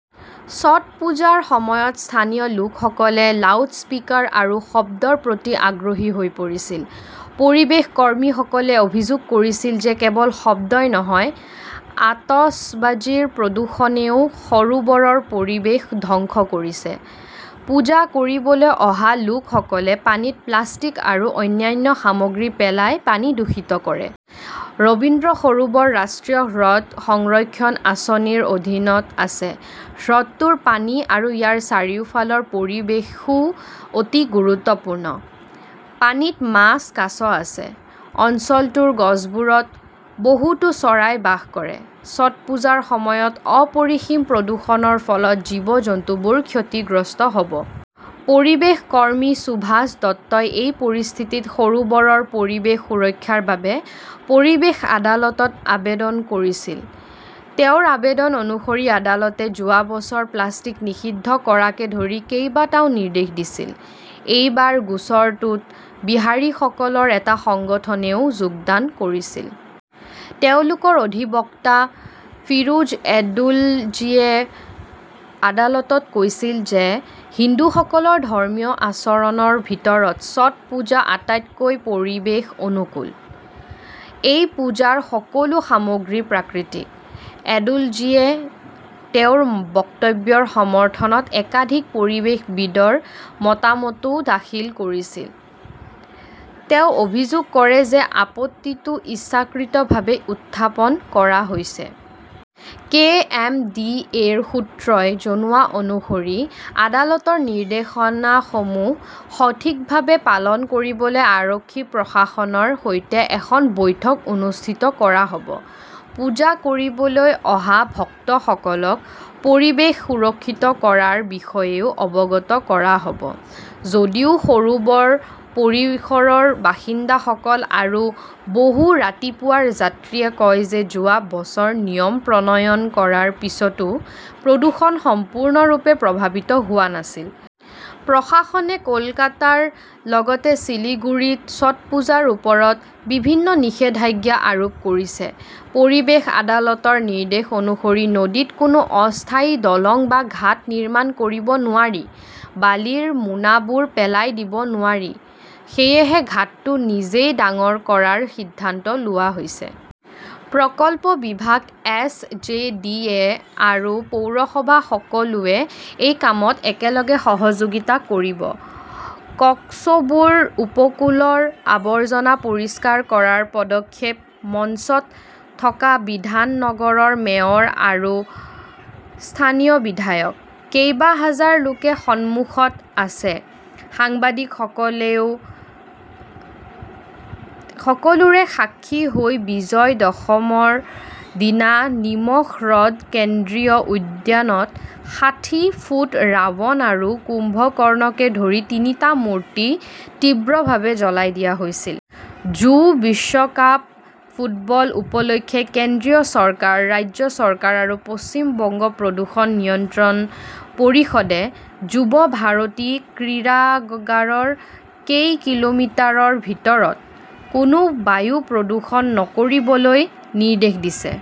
ছট পূজাৰ সময়ত স্থানীয় লোকসকলে লাউডস্পিকাৰ আৰু শব্দৰ প্ৰতি আগ্ৰহী হৈ পৰিছিল। পৰিৱেশ কৰ্মীসকলে অভিযোগ কৰিছিল যে কেৱল শব্দই নহয়, আতচবাজীৰ প্ৰদূষণেও সৰোবৰৰ পৰিৱেশ ধ্বংস কৰিছে। পূজা কৰিবলৈ অহা লোকসকলে পানীত প্লাষ্টিক আৰু অন্যান্য সামগ্ৰী পেলাই পানী দূষিত কৰে। ৰবীন্দ্ৰ সৰোবৰ ৰাষ্ট্ৰীয় হ্ৰদ সংৰক্ষণ আঁচনিৰ অধীনত আছে। হ্ৰদটোৰ পানী আৰু ইয়াৰ চাৰিওফালৰ পৰিৱেশও অতি গুৰুত্বপূৰ্ণ। পানীত মাছ, কাছ আছে। অঞ্চলটোৰ গছবোৰত বহুতো চৰাই বাস কৰে। ছট পূজাৰ সময়ত অপৰিসীম প্ৰদূষণৰ ফলত জীৱ-জন্তুবোৰ ক্ষতিগ্ৰস্ত হব। পৰিৱেশ কৰ্মী সুভাষ দত্তই এই পৰিস্থিতিত সৰোবৰৰ পৰিৱেশ সুৰক্ষাৰ বাবে পৰিৱেশ আদালতত আবেদন কৰিছিল। তেওঁৰ আবেদন অনুসৰি আদালতে যোৱা বছৰ প্লাষ্টিক নিষিদ্ধ কৰাকে ধৰি কেইবাটাও নিৰ্দেশ দিছিল। এইবাৰ গোচৰটোত বিহাৰীসকলৰ এটা সংগঠনেও যোগদান কৰিছিল। তেওঁলোকৰ অধিবক্তা ফিৰোজ এডুলজীয়ে আদালতত কৈছিল যে হিন্দুসকলৰ ধৰ্মীয় আচৰণৰ ভিতৰত ছট পূজা আটাইতকৈ পৰিৱেশ অনুকূল। এই পূজাৰ সকলো সামগ্ৰী প্ৰাকৃতিক। এডুলজীয়ে তেওঁৰ বক্তব্যৰ সমৰ্থনত একাধিক পৰিৱেশবিদৰ মতামতও দাখিল কৰিছিল। তেওঁ অভিযোগ কৰে যে আপত্তিটো ইচ্ছাকৃতভাৱে উত্থাপন কৰা হৈছে। কে. এম. ডি. এ. -ৰ সূত্ৰই জনোৱা অনুসৰি আদালতৰ নিৰ্দেশনাসমূহ সঠিকভাৱে পালন কৰিবলৈ আৰক্ষী-প্ৰশাসনৰ সৈতে এখন বৈঠক অনুষ্ঠিত কৰা হব। পূজা কৰিবলৈ অহা ভক্তসকলক পৰিৱেশ সুৰক্ষিত কৰাৰ বিষয়েও অৱগত কৰা হব। যদিও সৰোবৰ পৰিসৰৰ বাসিন্দাসকল আৰু বহু ৰাতিপুৱাৰ যাত্ৰীয়ে কয় যে যোৱা বছৰ নিয়ম প্ৰণয়ন কৰাৰ পিছতো প্ৰদূষণ সম্পূৰ্ণৰূপে প্ৰভাৱিত হোৱা নাছিল। প্ৰশাসনে কলকাতাৰ লগতে শিলিগুড়িত ছট পূজাৰ ওপৰত বিভিন্ন নিষেধাজ্ঞা আৰোপ কৰিছে। পৰিৱেশ আদালতৰ নিৰ্দেশ অনুসৰি নদীত কোনো অস্থায়ী দলং বা ঘাট নিৰ্মাণ কৰিব নোৱাৰি। বালিৰ মোনাবোৰ পেলাই দিব নোৱাৰি। সেয়েহে ঘাটটো নিজেই ডাঙৰ কৰাৰ সিদ্ধান্ত লোৱা হৈছে। প্ৰকল্প বিভাগ, এছ. জে. ডি. এ. আৰু পৌৰসভা-সকলোৱে এই কামত একেলগে সহযোগিতা কৰিব। কক্সবুৰ উপকূলৰ আৱৰ্জনা পৰিষ্কাৰ কৰাৰ পদক্ষেপ মঞ্চত থকা বিধাননগৰৰ মেয়ৰ আৰু স্থানীয় বিধায়ক। কেইবা হাজাৰ লোকে সন্মুখত আছে, সাংবাদিকসকলেও। সকলোৰে সাক্ষী হৈ বিজয় দশমৰ দিনা নিমখ হ্ৰদ কেন্দ্ৰীয় উদ্যানত ষাঠি ফুট ৰাৱণ আৰু কুম্ভকৰ্ণকে ধৰি তিনিটা মূৰ্তি তীব্ৰভাৱে জ্বলাই দিয়া হৈছিল। যু- বিশ্বকাপ ফুটবল উপলক্ষে কেন্দ্ৰীয় চৰকাৰ, ৰাজ্য চৰকাৰ আৰু পশ্চিম বংগ প্ৰদূষণ নিয়ন্ত্ৰণ পৰিষদে যুৱ ভাৰতী ক্ৰীড়াগাৰৰ কেইকিলোমিটাৰৰ ভিতৰত কোনো বায়ু প্ৰদূষণ নকৰিবলৈ নিৰ্দেশ দিছে।